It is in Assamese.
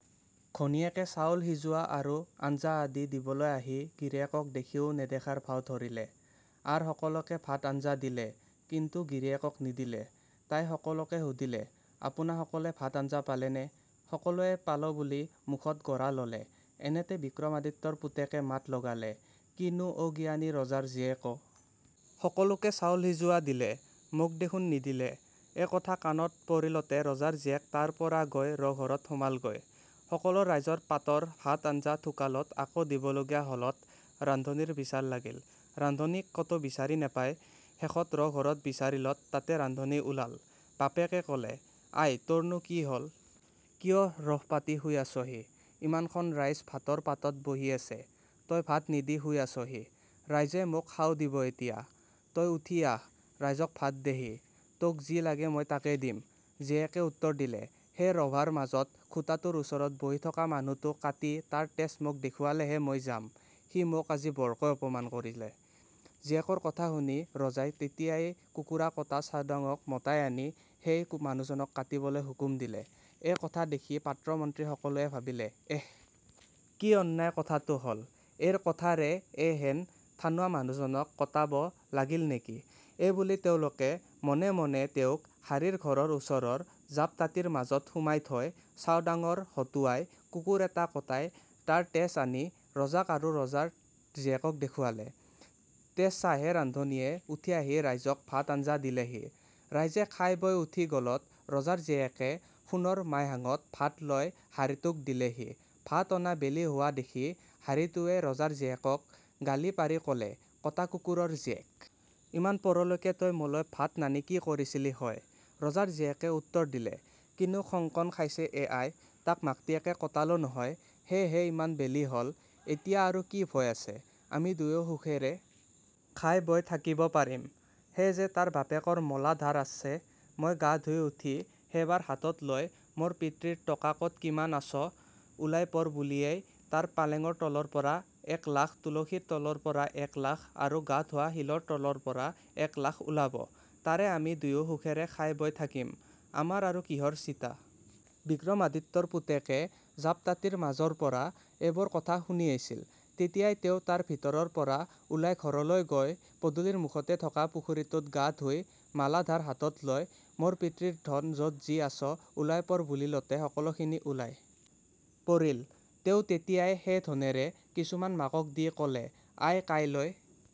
ঘৈণীয়েকে চাউল-সিজোৱা আৰু আঞ্জা আদি দিবলৈ আহি গিৰিয়েকক দেখিও নেদেখাৰ ভাও ধৰিলে, আৰু সকলোকে ভাত আঞ্জা দিলে কিন্তু গিৰিয়েকক নিদিলে৷ তাই সকলোকে সুধিলে-"আপোনাসকলে ভাত আঞ্জা পালেনে? "সকলোৱে "পালোঁ"বুলি মুখত গৰাহ ল'লে৷ এনেতে বিক্ৰমাদিত্যৰ পুতেকে মাত লগালে-"কি নো অগিয়ানী ৰজাৰ জীয়েক অ'! সকলোকে চাউল-সিজোৱা দিলে, মোক দেখোন নিদিলে! " এই কথা কাণত পৰিলতে ৰজাৰ জীয়েক তাৰপৰা গৈ ৰোহঘৰত সোমালগৈ৷ সকলো ৰাইজৰ পাতৰ ভাত-আঞ্জা ঢুকালত আকৌ দিবলগীয়া হ'লত ৰান্ধনীৰ বিচাৰ লাগিল৷ ৰান্ধনীক কতো বিচাৰি নাপাই, শেহত ৰোহ-ঘৰত বিচাৰিলত তাতে ৰান্ধনী ওলাল৷ বাপেকে ক'লে, "আই, তোৰ নো কি হ'ল? কিয় ৰোহ পাতি শুই আছহি? ইমানখন ৰাইজ ভাতৰ পাতত বহি আছে, তই ভাত নিদি শুই আছহি, ৰাইজে মোক শাও দিব এতিয়া৷ তই উঠি আহ, ৰাইজক ভাত দেহি, তোক যি লাগে মই তাকে দিম৷ " জীয়েকে উত্তৰ দিলে, "সেই ৰভাৰ মাজৰ খুটাটোৰ ওচৰত বহি থকা মানুহটো কাটি তাৰ তেজ মোক দেখুৱালেহে মই যাম; সি মোক আজি বৰকৈ অপমান কৰিলে৷ "জীয়েকৰ কথা শুনি ৰজাই তেতিয়াই কুকুৰা-কটা চাওদাঙক মতাই আনি সেই মানুহজনক কাটিবলৈ হুকুম দিলে৷ এই কথা দেখি পাত্ৰ-মন্ত্ৰী সকলোৱে ভাবিলে-"এস্! কি অন্যায় কথাটো হ'ল৷ এইৰ কথাৰেই এইহেন ঠানুৱা মানুহজনক কটাব লাগিল নে কি? " এইবুলি তেওঁলোকে মনেমনে তেওঁক হাৰীৰ ঘৰৰ ওচৰৰ জাপ-টাটীৰ মাজত সুমাই থৈ, চাওদাঙৰ হতুৱাই কুকুৰ এটা কটাই তাৰ তেজ আনি ৰজাক আৰু ৰজাৰ জীয়েকক দেখুৱালে৷ তেজ চাই হে ৰান্ধনীয়ে উঠি আহি ৰাইজক ভাত আঞ্জা দিলেহি৷ ৰাইজে খাই-বৈ উঠি গ'লত ৰজাৰ জীয়েকে সোণৰ মাইহাঙত ভাত লৈ হাৰীটোক দিলেহি৷ ভাত অনা বেলি হোৱা দেখি হাৰীটোৱে ৰজাৰ জীয়েকক গালি পাৰি ক'লে, "কটা কুকুৰৰ জীয়েক! ইমান পৰলৈকে তই মোলৈ ভাত নানি কি কৰিছিলি হঁয়? "ৰজাৰ জীয়েকে উত্তৰ দিলে-"কিনো খংখন খাইছে এ আই! তাক মাক্টীয়েকে কটালোঁ নহয়; সেই হে ইমান বেলি হ'ল৷ এতিয়া আৰু কি ভয় আছে? আমি দুয়ো সুখেৰে খাই-বৈ থাকিব পাৰিম৷ সেই যে তাৰ বাপেকৰ মলাধাৰ আছে, মই গা ধুই উঠি সেইবাৰ হাতত লৈ, 'মোৰ পিতৃৰ টকা ক'ত কিমান আছ ওলাই পৰ' বুলিলেই, তাৰ পালেঙৰ তলৰপৰা এক লাখ, তুলসীৰ তলৰপৰা এক লাখ, আৰু গা ধোৱা শিলৰ তলৰপৰা এক লাখ ওলাব; তাৰেই আমি দুয়ো সুখেৰে খাই-বৈ থাকিম, আমাৰ আৰু কিহৰ চিঁতা? " বিক্ৰমাদিত্যৰ পুতেকে জাপ-টাটীৰ মাজৰপৰা এইবোৰ কথা শুনি আছিল৷ তেতিয়াই তেওঁ তাৰ ভিতৰৰপৰা ওলাই ঘৰলৈ গৈ পদূলিৰ মুখতে থকা, পুখুৰীটোত গা ধুই, মালাধাৰ হাতত লৈ "মোৰ পিতৃৰ ধন য'ত যি আছ, ওলাই পৰ" বুলিলতে সকলোখিনি ওলাই পৰিল৷ তেওঁ তেতিয়াই সেই ধনৰে কিছুমান মাকক দি ক'লে, "আই, কাইলৈ